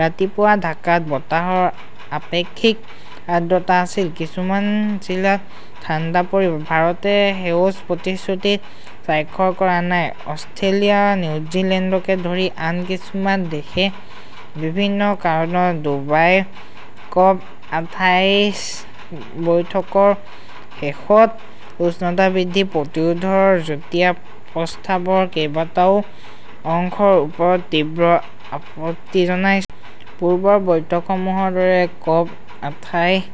ৰাতিপুৱা ঢাকাত বতাহৰ আপেক্ষিক আৰ্দ্ৰতা আছিল। কিছুমান জিলাত ঠাণ্ডা পৰিব। ভাৰতে সেউজ প্ৰতিশ্ৰুতিত স্বাক্ষৰ কৰা নাই। অষ্ট্ৰেলিয়া, নিউজিলেণ্ডকে ধৰি আন কিছুমান দেশে বিভিন্ন কাৰণত ডুবাইৰ কপ আঠাইশ বৈঠকৰ শেষত উষ্ণতা বৃদ্ধি প্ৰতিৰোধৰ যুটীয়া প্ৰস্তাৱৰ কেইবাটাও অংশৰ ওপৰত তীব্ৰ আপত্তি জনাইছে। পূৰ্বৰ বৈঠকসমূহৰ দৰে কপ আঠাইশ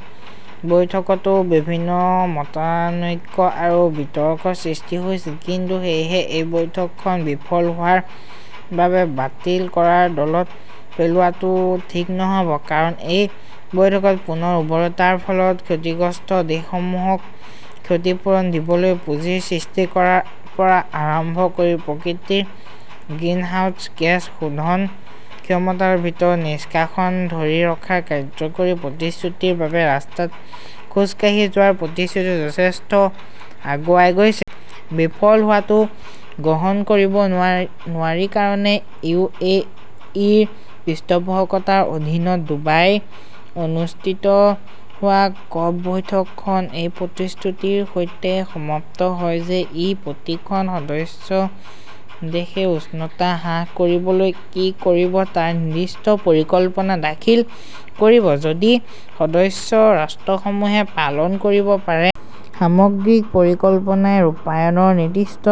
বৈঠকতো বিভিন্ন মতানৈক্য আৰু বিতৰ্কৰ সৃষ্টি হৈছিল। কিন্তু সেয়েহে এই বৈঠকখন বিফল হোৱাৰ বাবে বাতিল কৰাৰ দলত পেলোৱাটো ঠিক নহ'ব। কাৰণ, এই বৈঠকত পুনৰ উৰ্বৰতাৰ ফলত ক্ষতিগ্ৰস্ত দেশসমূহক ক্ষতিপূৰণ দিবলৈ পুঁজি সৃষ্টি কৰাৰ পৰা আৰম্ভ কৰি প্ৰকৃতিৰ গ্ৰীনহাউছ গেছ শোধন ক্ষমতাৰ ভিতৰত নিষ্কাশন ধৰি ৰখাৰ কাৰ্যকৰী প্ৰতিশ্ৰুতিৰ বাবে ৰাস্তাত খোজ কাঢ়ি যোৱাৰ প্ৰস্তুতিও যথেষ্ট আগুৱাই গৈছে। বিফল হোৱাটো গ্ৰহণ কৰিব নোৱাৰি কাৰণ, ইউ এ ইৰ পৃষ্ঠপোষকতাৰ অধীনত ডুবাইত অনুষ্ঠিত হোৱা কপ বৈঠকখন এই প্ৰতিশ্ৰুতিৰ সৈতে সমাপ্ত হয় যে ই প্ৰতিখন সদস্য দেশে উষ্ণতা হ্ৰাস কৰিবলৈ কি কৰিব তাৰ নিৰ্দিষ্ট পৰিকল্পনা দাখিল কৰিব, যদি সদস্য ৰাষ্ট্ৰসমূহে পালন কৰিব পাৰে। সামগ্ৰিক পৰিকল্পনাই ৰূপায়ণৰ নিৰ্দিষ্ট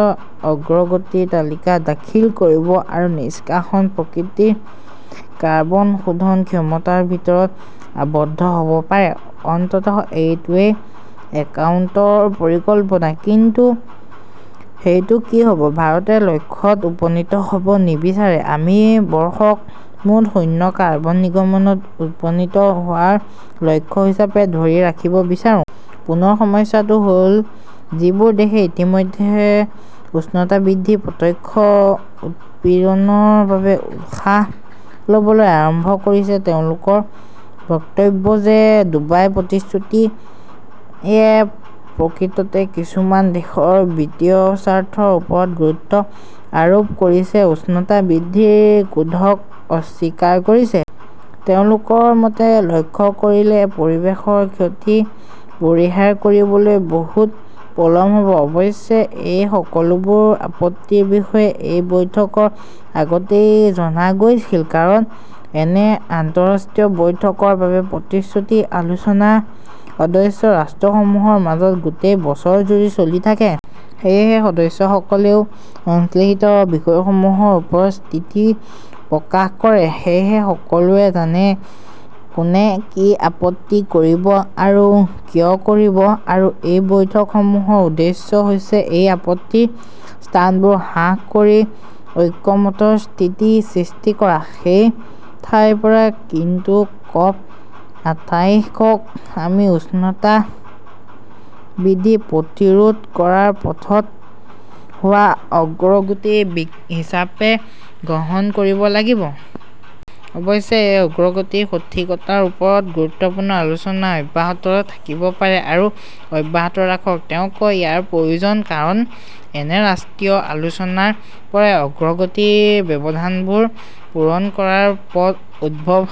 অগ্ৰগতিৰ তালিকা দাখিল কৰিব আৰু নিষ্কাশন প্ৰকৃতিৰ কাৰ্বন শোধন ক্ষমতাৰ ভিতৰত আবদ্ধ হ'ব পাৰে। অন্ততঃ এইটোৱেই একাউণ্টৰ পৰিকল্পনা। কিন্তু সেইটো কি হ'ব? ভাৰতে লক্ষ্যত উপনীত হ'ব নিবিচাৰে। আমি বৰ্ষক মুঠ শূন্য কাৰ্বন নিৰ্গমনত উপনীত হোৱাৰ লক্ষ্য হিচাপে ধৰি ৰাখিব বিচাৰো। পুনৰ, সমস্যাটো হ'ল যিবোৰ দেশে ইতিমধ্যে উষ্ণতা বৃদ্ধিৰ প্ৰত্যক্ষ উৎপীড়নৰ বাবে উশাহ ল'বলৈ আৰম্ভ কৰিছে, তেওঁলোকৰ বক্তব্য যে 'ডুবাই প্ৰতিশ্ৰুতি'য়ে প্ৰকৃততে কিছুমান দেশৰ বিত্তীয় স্বাৰ্থৰ ওপৰত গুৰুত্ব আৰোপ কৰিছে, উষ্ণতা বৃদ্ধিৰ ক্ৰোধক অস্বীকাৰ কৰিছে। তেওঁলোকৰ মতে লক্ষ্য কৰিলে পৰিৱেশৰ ক্ষতি পৰিহাৰ কৰিবলৈ বহুত পলম হ'ব। অৱশ্যে এই সকলোবোৰ আপত্তিৰ বিষয়ে এই বৈঠকৰ আগতেই জনা গৈছিল। কাৰণ, এনে আন্তঃৰাষ্ট্ৰীয় বৈঠকৰ বাবে প্ৰস্তুতি-আলোচনা সদস্য ৰাষ্ট্ৰসমূহৰ মাজত গোটেই বছৰজুৰি চলি থাকে। সেয়েহে, সদস্যসকলেও সংশ্লিষ্ট বিষয়সমূহৰ ওপৰত স্থিতি প্ৰকাশ কৰে। সেয়েহে সকলোৱে জানে কোনে কি আপত্তি কৰিব আৰু কিয় কৰিব আৰু এই বৈঠকসমূহৰ উদ্দেশ্য হৈছে এই আপত্তিৰ স্থানবোৰ হ্ৰাস কৰি ঐক্যমতৰ স্থিতি সৃষ্টি কৰা। সেই ঠাইৰ পৰা কিন্তু কপ আঠাইশক আমি উষ্ণতা বৃদ্ধি প্ৰতিৰোধ কৰাৰ পথত হোৱা অগ্ৰগতি হিচাপে গ্ৰহণ কৰিব লাগিব। অৱশ্যে, এই অগ্ৰগতিৰ সঠিকতাৰ ওপৰত গুৰুত্বপূৰ্ণ আলোচনা অব্যাহত থাকিব পাৰে আৰু অব্যাহত ৰাখক। তেওঁ কয়, ইয়াৰ প্ৰয়োজন। কাৰণ এনে ৰাষ্ট্ৰীয় আলোচনাৰ পৰাই অগ্ৰগতিৰ ব্যৱধানবোৰ পূৰণ কৰাৰ পথ উদ্ভৱ হয়।